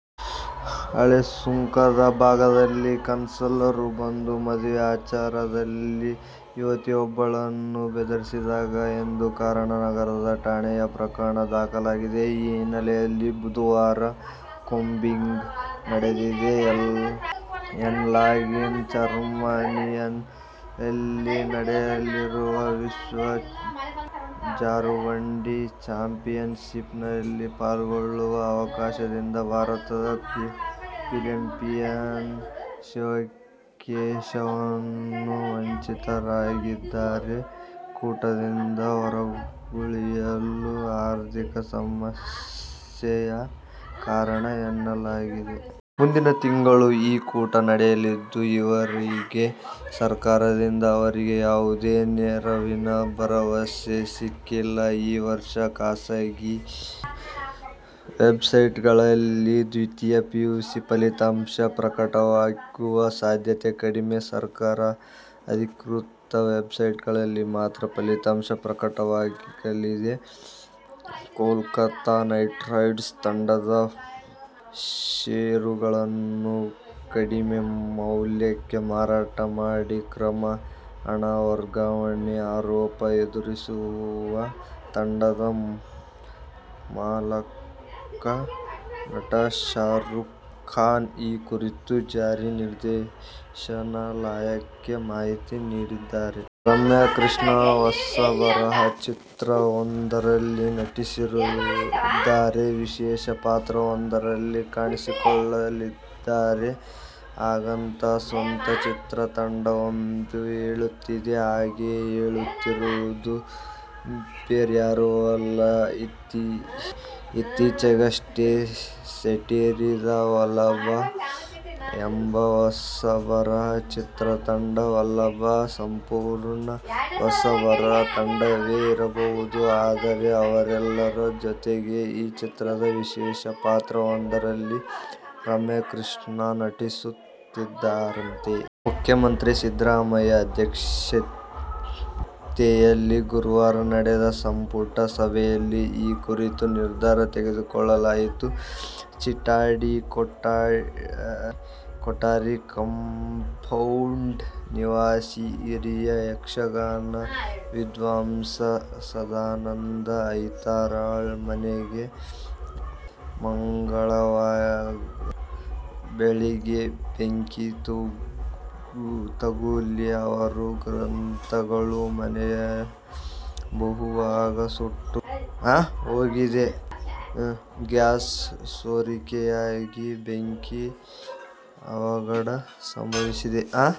ಹಳೇಸುಂಕ ಭಾಗದಲ್ಲಿ ನಕ್ಸಲರು ಬಂದು, ಮದುವೆ ವಿಚಾರದಲ್ಲಿ ಯುವತಿಯೊಬ್ಬಳನ್ನು ಬೆದರಿಸಿದ್ದಾರೆ ಎಂಬ ಕಾರಣ ನಗರ ಠಾಣೆಯಲ್ಲಿ ಪ್ರಕರಣ ದಾಖಲಾಗಿದೆ. ಈ ಹಿನ್ನೆಲೆಯಲ್ಲಿ ಬುಧವಾರ ಕೂಂಬಿಂಗ್ ನಡೆದಿದೆ ಎನ್ನಲಾಗಿದೆೆ. ಜರ್ಮನಿಯಲ್ಲಿ ನಡೆಯಲಿರುವ ವಿಶ್ವ ಜಾರುಬಂಡಿ ಚಾಂಪಿಯನ್ಶಿಪ್ನಲ್ಲಿ ಪಾಲ್ಗೊಳ್ಳುವ ಅವಕಾಶದಿಂದ ಭಾರತದ ಒಲಿಂಪಿಯನ್ ಶಿವಕೇಶವನ್ ವಂಚಿತರಾಗಿದ್ದಾರೆ. ಕೂಟದಿಂದ ಹೊರಗುಳಿಯಲು ಆರ್ಥಿಕ ಸಮಸ್ಯೆಯೇ ಕಾರಣ ಎನ್ನಲಾಗಿದೆ. ಮುಂದಿನ ತಿಂಗಳು ಈ ಕೂಟ ನಡೆಯಲಿದ್ದು, ಈವರೆಗೆ ಸರಕಾರದಿಂದ ಅವರಿಗೆ ಯಾವುದೇ ನೆರವಿನ ಭರವಸೆ ಸಿಕ್ಕಿಲ್ಲ. ಈ ವರ್ಷ ಖಾಸಗಿ ವೆಬ್ಸೈಟ್ಗಳಲ್ಲಿ ದ್ವಿತೀಯ ಪಿಯುಸಿ ಫಲಿತಾಂಶ ಪ್ರಕಟವಾಗುವ ಸಾಧ್ಯತೆ ಕಡಿಮೆ. ಸರ್ಕಾರದ ಅಧಿಕೃತ ವೆಬ್ಸೈಟ್ಗಳಲ್ಲಿ ಮಾತ್ರ ಫಲಿತಾಂಶ ಪ್ರಕಟವಾಗಲಿದೆ. ಕೋಲ್ಕತಾ ನೈಟ್ರೈಡರ್ ತಂಡದ ಷೇರುಗಳನ್ನು ಕಡಿಮೆ ಮೌಲ್ಯಕ್ಕೆ ಮಾರಾಟ ಮಾಡಿ ಅಕ್ರಮ ಹಣ ವರ್ಗಾವಣೆ ಆರೋಪ ಎದುರಿಸುತ್ತಿರುವ ತಂಡದ ಮಾಲಕ, ನಟ ಶಾರುಖ್ ಖಾನ್ ಈ ಕುರಿತು ಜಾರಿ ನಿರ್ದೇಶನಾಲಯಕ್ಕೆ ಮಾಹಿತಿ ನೀಡಿದ್ದಾರೆ. ರಮ್ಯಾ ಕೃಷ್ಣ ಹೊಸಬರ ಚಿತ್ರವೊಂದರಲ್ಲಿ ನಟಿಸುತ್ತಿದ್ದಾರೆ, ವಿಶೇಷ ಪಾತ್ರವೊಂದರಲ್ಲಿ ಕಾಣಿಸಿಕೊಳ್ಳಲಿದ್ದಾರೆ. ಹಾಗಂತ ಸ್ವತಃ ಚಿತ್ರತಂಡವೊಂದು ಹೇಳುತ್ತಿದೆ. ಹಾಗೆ ಹೇಳುತ್ತಿರುವುದು ಬೇರ್ಯಾರೋ ಅಲ್ಲ, ಇತ್ತೀಚೆಗಷ್ಟೇ ಸೆಟ್ಟೇರಿದ "ವಲ್ಲಭ' ಎಂಬ ಹೊಸಬರ ಚಿತ್ರತಂಡ. "ವಲ್ಲಭ' ಸಂಪೂರ್ಣ ಹೊಸಬರ ತಂಡವೇ ಇರಬಹುದು. ಆದರೆ, ಅವರೆಲ್ಲರ ಜೊತೆಗೆ ಈ ಚಿತ್ರದ ವಿಶೇಷ ಪಾತ್ರವೊಂದರಲ್ಲಿ ರಮ್ಯಾಕೃಷ್ಣ ನಟಿಸುತ್ತಿದ್ದಾರಂತೆ. ಮುಖ್ಯಮಂತ್ರಿ ಸಿದ್ದರಾಮಯ್ಯ ಅಧ್ಯಕ್ಷತೆಯಲ್ಲಿ ಗುರುವಾರ ನಡೆದ ಸಂಪುಟ ಸಭೆಯಲ್ಲಿ ಈ ಕುರಿತು ನಿರ್ಧಾರ ತೆಗೆದುಕೊಳ್ಳಲಾಯಿತು. ಚಿಟ್ಟಾಡಿ ಕೊಠಾರಿ ಕಂಪೌಂಡ್ ನಿವಾಸಿ, ಹಿರಿಯ ಯಕ್ಷಗಾನ ವಿದ್ವಾಂಸ ಸದಾನಂದ ಐತಾಳರ ಮನೆಗೆ ಮಂಗಳವಾರ ಬೆಳಗ್ಗೆ ಬೆಂಕಿ ತಗುಲಿ ಅವರ ಗ್ರಂಥಗಳು, ಮನೆಯ ಬಹುಭಾಗ ಸುಟ್ಟು ಹೋಗಿದೆ. ಗ್ಯಾಸ್ ಸೋರಿಕೆಯಾಗಿ ಬೆಂಕಿ ಅವಘಡ ಸಂಭವಿಸಿದೆ.